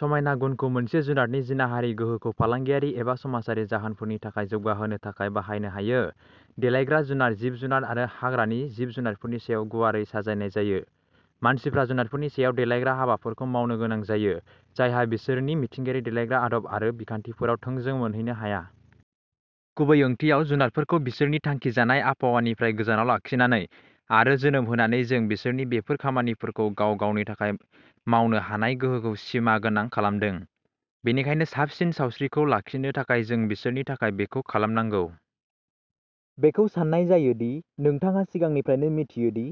समायना गुनखौ मोनसे जुनारनि जिनारि गोहोखौ फालांगियारि एबा समाजारि जाहोनफोरनि थाखाय जौगाहोनो थाखाय बाहायनो हायो। देलायग्रा जुनार जिब जुनार आरो हाग्रानि जिब जुनारफोरनि सायाव गुवारै साजायनाय जायो। मानसिफ्रा जुनारफोरनि सायाव देलायग्रा हाबाफोरखौ मावनो गोनां जायो जायहा बिसोरनि मिथिंगायारि देलायग्रा आदब आरो बिखान्थिफोराव थोंजों मोनहैनो हाया। गुबै ओंथियाव जुनारफोरखौ बिसोरनि थांखिजानाय आबहावानिफ्राय गोजानाव लाखिनानै आरो जोनोम होनानै जों बिसोरनि बेफोर खामानिफोरखौ गाव गावनि थाखाय मावनो हानाय गोहोखौ सिमागोनां खालामदों। बेनिखायनो साबसिन सावस्रिखौ लाखिनो थाखाय जों बिसोरनि थाखाय बेखौ खालामनांगौ। बेखौ सान्नाय जायो दि नोंथाङा सिगांनिफ्रायनो मिथियो दि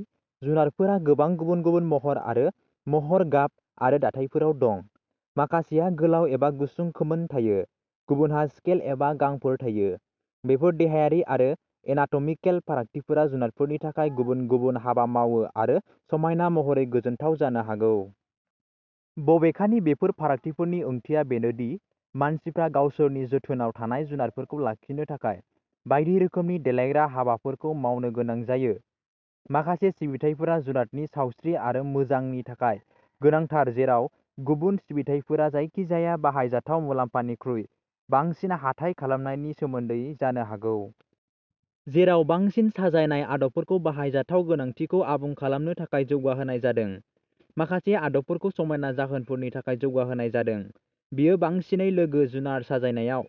जुनारफोरा गोबां गुबुन गुबुन महर आरो महर गाब आरो दाथायफोराव दं। माखासेहा गोलाव एबा गुसुं खोमोन थायो गुबुनहा स्केल एबा गांफोर थायो। बेफोर देहायारि आरो एनाटमिकेल फारागथिफोरा जुनारफोरनि थाखाय गुबुन गुबुन हाबा मावो आरो समायना महरै गोजोनथाव जानो हागौ। बबेखानि बेफोर फारागथिफोरनि ओंथिया बेनो दि मानसिफ्रा गावसोरनि जोथोनआव थानाय जुनारफोरखौ लाखिनो थाखाय बायदि रोखोमनि देलायग्रा हाबाफोरखौ मावनो गोनां जायो। माखासे सिबिथायफोरा जुनारनि सावस्रि आरो मोजांनि थाखाय गोनांथार जेराव गुबुन सिबिथायफोरा जायखिजाया बाहायजाथाव मुलाम्फानिख्रुइ बांसिन हाथाय खालामनायनि सोमोन्दै जानो हागौ। जेराव बांसिन साजायनाय आदबफोरखौ बाहायजाथाव गोनांथिखौ आबुं खालामनो थाखाय जौगाहोनाय जादों माखासे आदबफोरखौ समायना जाहोनफोरनि थाखाय जौगाहोनाय जादों। बेयो बांसिनै लोगो जुनार साजायनायआव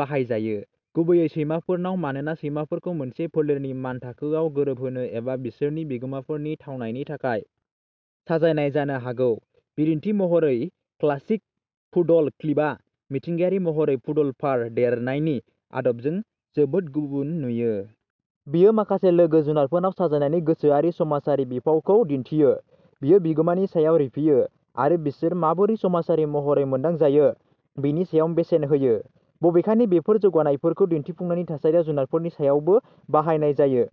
बाहायजायो गुबैयै सैमाफोरनाव मानोना सैमाफोरखौ मोनसे फोलेरनि मानथाखोआव गोरोबहोनो एबा बिसोरनि बिगोमाफोरनि थावनायनि थाखाय साजायनाय जानो हागौ बिदिन्थि महरै क्लासिक पुडल क्लिपआ मिथिंगायारि महरै पुडल फार देरनायनि आदबजों जोबोद गुबुन नुयो। बेयो माखासे लोगो जुनारफोराव साजायनायनि गोसोआरि समाजारि बिफावखौबो दिन्थियो बेयो बिगोमानि सायाव रिफियो आरो बिसोर माबोरै समाजारि महरै मोनदांजायो बेनि सायाव बेसेन होयो। बबेखानि बेफोर जौगानायफोरखौ दिन्थिफुंनायनि थासारियाव जुनारफोरनि सायावबो बाहायनाय जायो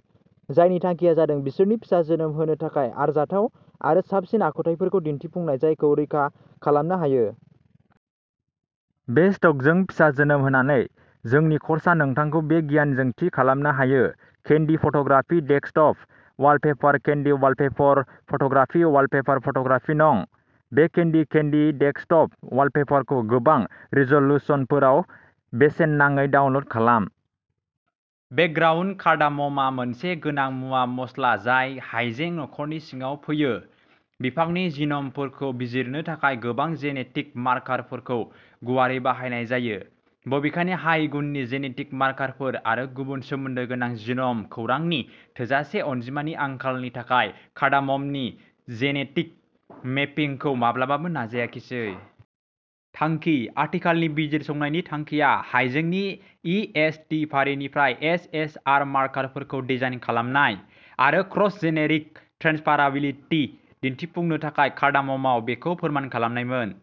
जायनि थांखिया जादों बिसोरनि फिसा जोनोम होनो थाखाय आरजाथाव आरो साबसिन आखुथायफोरखौ दिनथिफुंनाय जायखौ रैखा खालामनो हायो। बे स्टकजों फिसा जोनोम होनानै जोंनि कर्सआ नोंथांखौ बे गियानजों थि खालामनो हायो। Candy photography desktop wallpaper candy wallpaper photography wallpaper photography नं। बे केन्डी केन्डी डेस्कट'प वालपेपरखौ गोबां रिज'लुसनफोराव बेसेन नाङै डाउनल'ड खालाम। बेकग्राउन्ड कार्डामम आ मोनसे गोनां मुवा मस्ला जाय हाइजें नखरनि सिङाव फैयो। बिफांनि जिन'मफोरखौ बिजिरनो थाखाय गोबां जेनेटिक मार्कारफोरखौ गुवारै बाहायनाय जायो। बबेखानि हाइ गुननि जेनेटिक मार्कारफोर आरो गुबुन सोमोन्दो गोनां जिन'म खौरांनि थोजासे अनजिमानि आंखालनि थाखाय कार्डाममनि जेनेटिक मेपिंखौ माब्लाबाबो नाजाखिसै। थांखि आथिखालनि बिजिरसंनायनि थांखिया हाइजेंनि इ एस टि फारिनिफ्राय एस एस आर मार्कारफोरखौ डिजाइन खालामनाय आरो क्रस जेनेरिक ट्रेन्सफाराबिलिटि दिनथिफुंनो थाखाय कार्डाम'मआव बेखौ फोरमान खालामनायमोन।